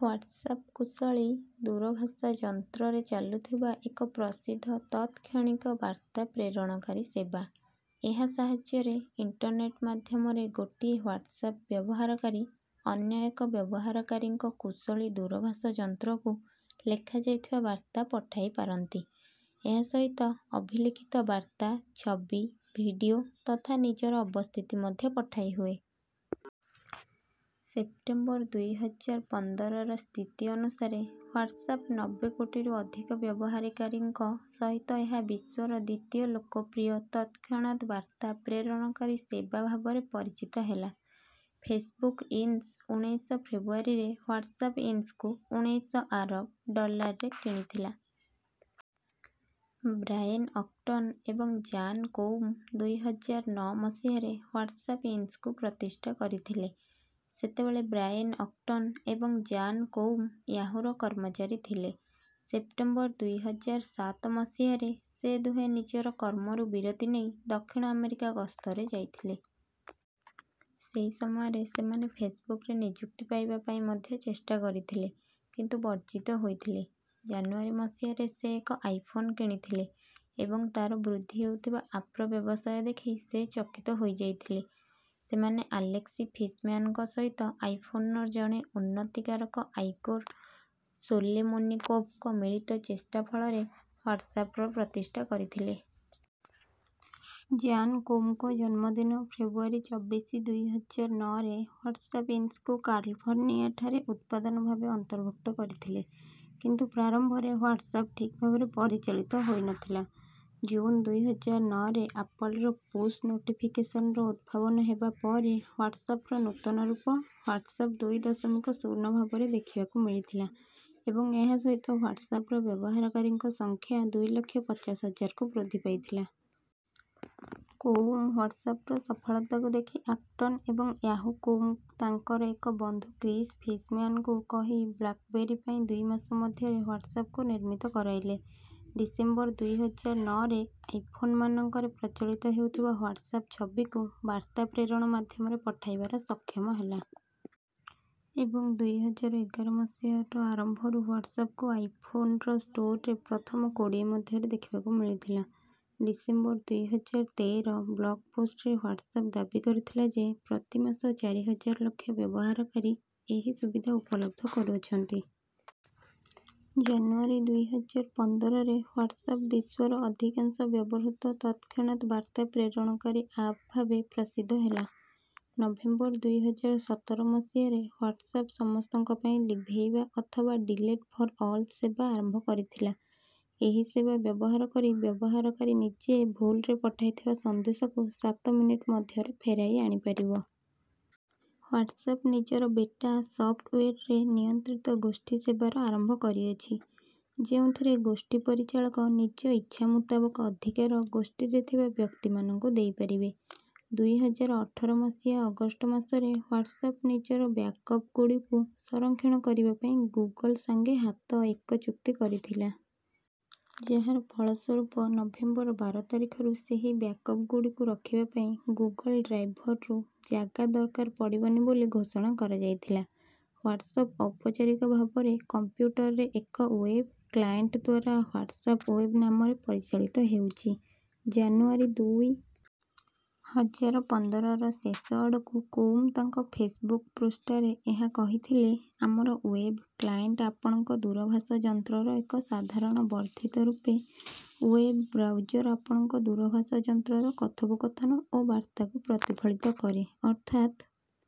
WhatsApp କୁଶଳୀ ଦୂରଭାଷ ଯନ୍ତ୍ରରେ ଚାଲୁଥିବା ଏକ ପ୍ରସିଦ୍ଧ ତତ୍-କ୍ଷଣିକ ବାର୍ତ୍ତା ପ୍ରେରଣକାରୀ ସେବା। ଏହା ସାହାଯ୍ୟରେ ଇଣ୍ଟରନେଟ୍ ମାଧ୍ୟମରେ ଗୋଟିଏ ହ୍ୱାଟ୍ସଆପ ବ୍ୟବହାରକାରୀ ଅନ୍ୟ ଏକ ବ୍ୟବହାରକାରୀଙ୍କ କୁଶଳୀ ଦୂରଭାଷ ଯନ୍ତ୍ରକୁ ଲେଖାଯାଇଥିବା ବାର୍ତ୍ତା ପଠାଇପାରନ୍ତି। ଏହା ସହିତ ଅଭିଲିଖିତ ବାର୍ତ୍ତା ଛବି ଭିଡିଓ ତଥା ନିଜର ଅବସ୍ଥିତି ମଧ୍ୟ ପଠାଇହୁଏ। ସେପ୍ଟେମ୍ବର ଦୁଇ ହଜାର ପନ୍ଦରର ସ୍ଥିତି ଅନୁସାରେ ହ୍ୱାଟ୍ସଆପ ନବ୍ବେ କୋଟିରୁ ଅଧିକ ବ୍ୟବହାରକାରୀଙ୍କ ସହିତ ଏହା ବିଶ୍ୱର ଦ୍ୱିତୀୟ ଲୋକପ୍ରିୟ ତତ୍‌କ୍ଷଣାତ୍ ବାର୍ତ୍ତା ପ୍ରେରଣକାରୀ ସେବା ଭାବରେ ପରିଚିତ ହେଲା। ଫେସବୁକ ଇନ୍ସ ଉଣେଇଶ ଫେବୃଆରୀ ରେ ହ୍ୱାଟ୍ସଆପ ଇନ୍ସକୁ ଉଣେଇଶ ଆରବ୍ ଡଲାର୍ରେ କିଣିଥିଲା। ବ୍ରାଏନ୍ ଅକ୍ଟନ ଏବଂ ଜାନ୍ କୋଉମ ଦୁଇ ହଜାର ନଅ ମସିହାରେ ହ୍ୱାଟ୍ସଆପ ଇନ୍ସକୁ ପ୍ରତିଷ୍ଠା କରିଥିଲେ। ସେତେବେଳେ ବ୍ରାଏନ୍ ଅକ୍ଟନ ଏବଂ ଜାନ୍ କୋଉମ ୟାହୁ ର କର୍ମଚାରୀ ଥିଲେ। ସେପ୍ଟେମ୍ବର ଦୁଇ ହଜାର ସାତ ମସିହାରେ ସେ ଦୁହେଁ ନିଜର କର୍ମରୁ ବିରତି ନେଇ ଦକ୍ଷିଣ ଆମେରିକା ଗସ୍ତରେ ଯାଇଥିଲେ। ସେହି ସମୟରେ ସେମାନେ ଫେସବୁକରେ ନିଯୁକ୍ତି ପାଇବା ପାଇଁ ମଧ୍ୟ ଚେଷ୍ଟା କରିଥିଲେ କିନ୍ତୁ ବର୍ଜିତ ହୋଇଥିଲେ। ଜାନୁଆରୀ ମସିହାରେ ସେ ଏକ ଆଇ ଫୋନ୍ କିଣିଥିଲେ ଏବଂ ତାର ବୃଦ୍ଧି ହେଉଥିବା ଆପ୍ର ବ୍ୟବସାୟ ଦେଖି ସେ ଚକିତ ହୋଇଯାଇଥିଲେ। ସେମାନେ ଆଲେକ୍ସ ଫିସ୍‌ମ୍ୟାନ୍‌ଙ୍କ ସହିତ ଆଇ ଫୋନର ଜଣେ ଉନ୍ନତିକାରକ ଆଇଗୋର୍ ସୋଲେମୋନିକୋଭ୍‌ ଙ୍କ ମିଳିତ ଚେଷ୍ଟା ଫଳରେ ହ୍ୱାଟ୍ସଆପର ପ୍ରତିଷ୍ଠା କରିଥିଲେ। ଜାନ୍ କୋଉମଙ୍କ ଜନ୍ମଦିନ ଫେବୃଆରୀ ଚବିଶ ଦୁଇ ହଜାର ନଅରେ ହ୍ୱାଟ୍ସଆପ ଇନ୍ସକୁ କାର୍ଲିଫର୍ଣ୍ଣିଆଠାରେ ଉତ୍ପାଦାନ ଭାବେ ଅନ୍ତର୍ଭୁକ୍ତ କରିଥିଲେ। କିନ୍ତୁ ପ୍ରାରମ୍ଭରେ ହ୍ୱାଟ୍ସଆପ ଠିକ୍ ଭାବରେ ପରିଚାଳିତ ହୋଇନଥିଲା। ଜୁନ୍ ଦୁଇ ହଜାର ନଅରେ ଆପଲ୍‌ର ପୁଶ୍ ନୋଟିଫିକେସନ୍ସର ଉଦ୍ଭାବନ ହେବା ପରେ ହ୍ୱାଟ୍ସଆପର ନୂତନ ରୂପ ହ୍ୱାଟ୍ସଆପ ଦୁଇ ଦଶମିକ ଶୂନ ଭାବରେ ଦେଖିବାକୁ ମିଳିଥିଲା ଏବଂ ଏହା ସହିତ ହ୍ୱାଟ୍ସଆପର ବ୍ୟବହାରକାରୀଙ୍କ ସଂଖ୍ୟା ଦୁଇ ଲକ୍ଷ ପଚାଶ ହଜାରକୁ ବୃଦ୍ଧି ପାଇଥିଲା। କୋଉମ ହ୍ୱାଟ୍ସଆପର ସଫଳତାକୁ ଦେଖି ଅକ୍ଟନ ଏବଂ ୟାହୁ କୋଉମ ତାଙ୍କର ଏକ ବନ୍ଧୁ କ୍ରିସ୍ ଫିସ୍‌ମ୍ୟାନ୍‌ଙ୍କୁ କହି ବ୍ଲାକବେରୀ ପାଇଁ ଦୁଇ ମାସ ମଧ୍ୟରେ ହ୍ୱାଟ୍ସଆପକୁ ନିର୍ମିତ କରାଇଲେ। ଡିସେମ୍ବର ଦୁଇ ହଜାର ନଅରେ ଆଇ ଫୋନ୍ ମାନଙ୍କରେ ପ୍ରଚଳିତ ହେଉଥିବା ହ୍ୱାଟ୍ସଆପ ଛବିକୁ ବାର୍ତ୍ତା ପ୍ରେରଣ ମାଧ୍ୟମରେ ପଠାଇବାର ସକ୍ଷମ ହେଲା। ଏବଂ ଦୁଇ ହଜାର ଏଗାର ମସିହାର ଆରମ୍ଭରୁ ହ୍ୱାଟ୍ସଆପକୁ ଆଇ ଫୋନ୍ର ଷ୍ଟୋରରେ ପ୍ରଥମ କୋଡ଼ିଏ ମଧ୍ୟରେ ଦେଖିବାକୁ ମିଳିଥିଲା। ଡିସେମ୍ବର ଦୁଇ ହଜାର ତେର ବ୍ଲଗ ପୋଷ୍ଟରେ ହ୍ୱାଟ୍ସଆପ ଦାବି କରିଥିଲା ଯେ ପ୍ରତି ମାସ ଚାରି ହଜାର ଲକ୍ଷ ବ୍ୟବହାରକାରୀ ଏହି ସୁବିଧା ଉପଲବ୍ଧ କରୁଅଛନ୍ତି। ଜାନୁଆରୀ ଦୁଇ ହଜାର ପନ୍ଦରରେ ହ୍ୱାଟ୍ସଆପ ବିଶ୍ୱର ଅଧିକାଂଶ ବ୍ୟବହୃତ ତତ୍‌କ୍ଷଣାତ୍ ବାର୍ତ୍ତା ପ୍ରେରଣକାରୀ ଆପ୍ ଭାବେ ପ୍ରସିଦ୍ଧ ହେଲା। ନଭେମ୍ବର ଦୁଇ ହଜାର ସତର ମସିହାରେ ହ୍ୱାଟ୍ସଆପ ସମସ୍ତଙ୍କ ପାଇଁ ଲିଭେଇବା ଅଥବା ଡିଲେଟ ଫର ଅଲ ସେବା ଆରମ୍ଭ କରିଥିଲା। ଏହି ସେବା ବ୍ୟବହାର କରି ବ୍ୟବହାରକାରୀ ନିଜେ ଭୁଲରେ ପଠାଇଥିବା ସନ୍ଦେଶକୁ ସାତ ମିନଟ ମଧ୍ୟରେ ଫେରାଇ ଆଣି ପାରିବ। ହ୍ୱାଟ୍ସଆପ ନିଜର ବେଟା ସଫ୍ଟୱେରରେ ନିୟନ୍ତ୍ରିତ ଗୋଷ୍ଠୀ ସେବାର ଆରମ୍ଭ କରିଅଛି। ଯେଉଁଥିରେ ଗୋଷ୍ଠୀ ପରିଚାଳକ ନିଜ ଇଚ୍ଛା ମୁତାବକ ଅଧିକାର ଗୋଷ୍ଟିରେ ଥିବା ବ୍ୟକ୍ତି ମାନଙ୍କୁ ଦେଇ ପାରିବେ। ଦୁଇ ହଜାର ଅଠର ମସିହା ଅଗଷ୍ଟ ମାସରେ ହ୍ୱାଟ୍ସଆପ ନିଜର ବ୍ୟାକପ ଗୁଡିକୁ ସଂରକ୍ଷଣ କରିବା ପାଇଁ ଗୁଗଲ ସାଙ୍ଗେ ହାତ ଏକ ଚୁକ୍ତି କରି ଥିଲା। ଯାହାର ଫଳ ସ୍ୱରୂପ ନଭେମ୍ବର ବାର ତାରିଖରୁ ସେହି ବ୍ୟାକପ ଗୁଡିକୁ ରଖିବା ପାଇଁ ଗୁଗଲ ଡ୍ରାଇଭରୁ ଜାଗା ଦରକାର ପଡିବନି ବୋଲି ଘୋଷଣା କରାଯାଇଥିଲା। ହ୍ୱାଟ୍ସଆପ ଔପଚାରିକ ଭାବରେ କମ୍ପ୍ୟୁଟରରେ ଏକ ୱେବ୍ କ୍ଲାଏଣ୍ଟଦ୍ୱାରା ହ୍ୱାଟ୍ସଆପ ୱେବ୍ ନାମରେ ପରିଚାଳିତ ହେଉଛି। ଜାନୁଆରୀ ଦୁଇ ହଜାର ପନ୍ଦରର ଶେଷ ଆଡକୁ କୋଉମ ତାଙ୍କ ଫେସବୁକ ପୃଷ୍ଠାରେ ଏହା କହିଥିଲେ ଆମର ଓ୍ବେବ୍ କ୍ଲାଏଣ୍ଟ ଆପଣଙ୍କ ଦୂରଭାଷ ଯନ୍ତ୍ରର ଏକ ସାଧାରଣ ବର୍ଦ୍ଧିତ ରୂପ ଓ୍ବେବ୍ ବ୍ରାଉଜର ଆପଣଙ୍କ ଦୂରଭାଷ ଯନ୍ତ୍ରର କଥୋପକଥନ ଓ ବାର୍ତ୍ତାକୁ ପ୍ରତିଫଳିତ କରେ ଅର୍ଥାତ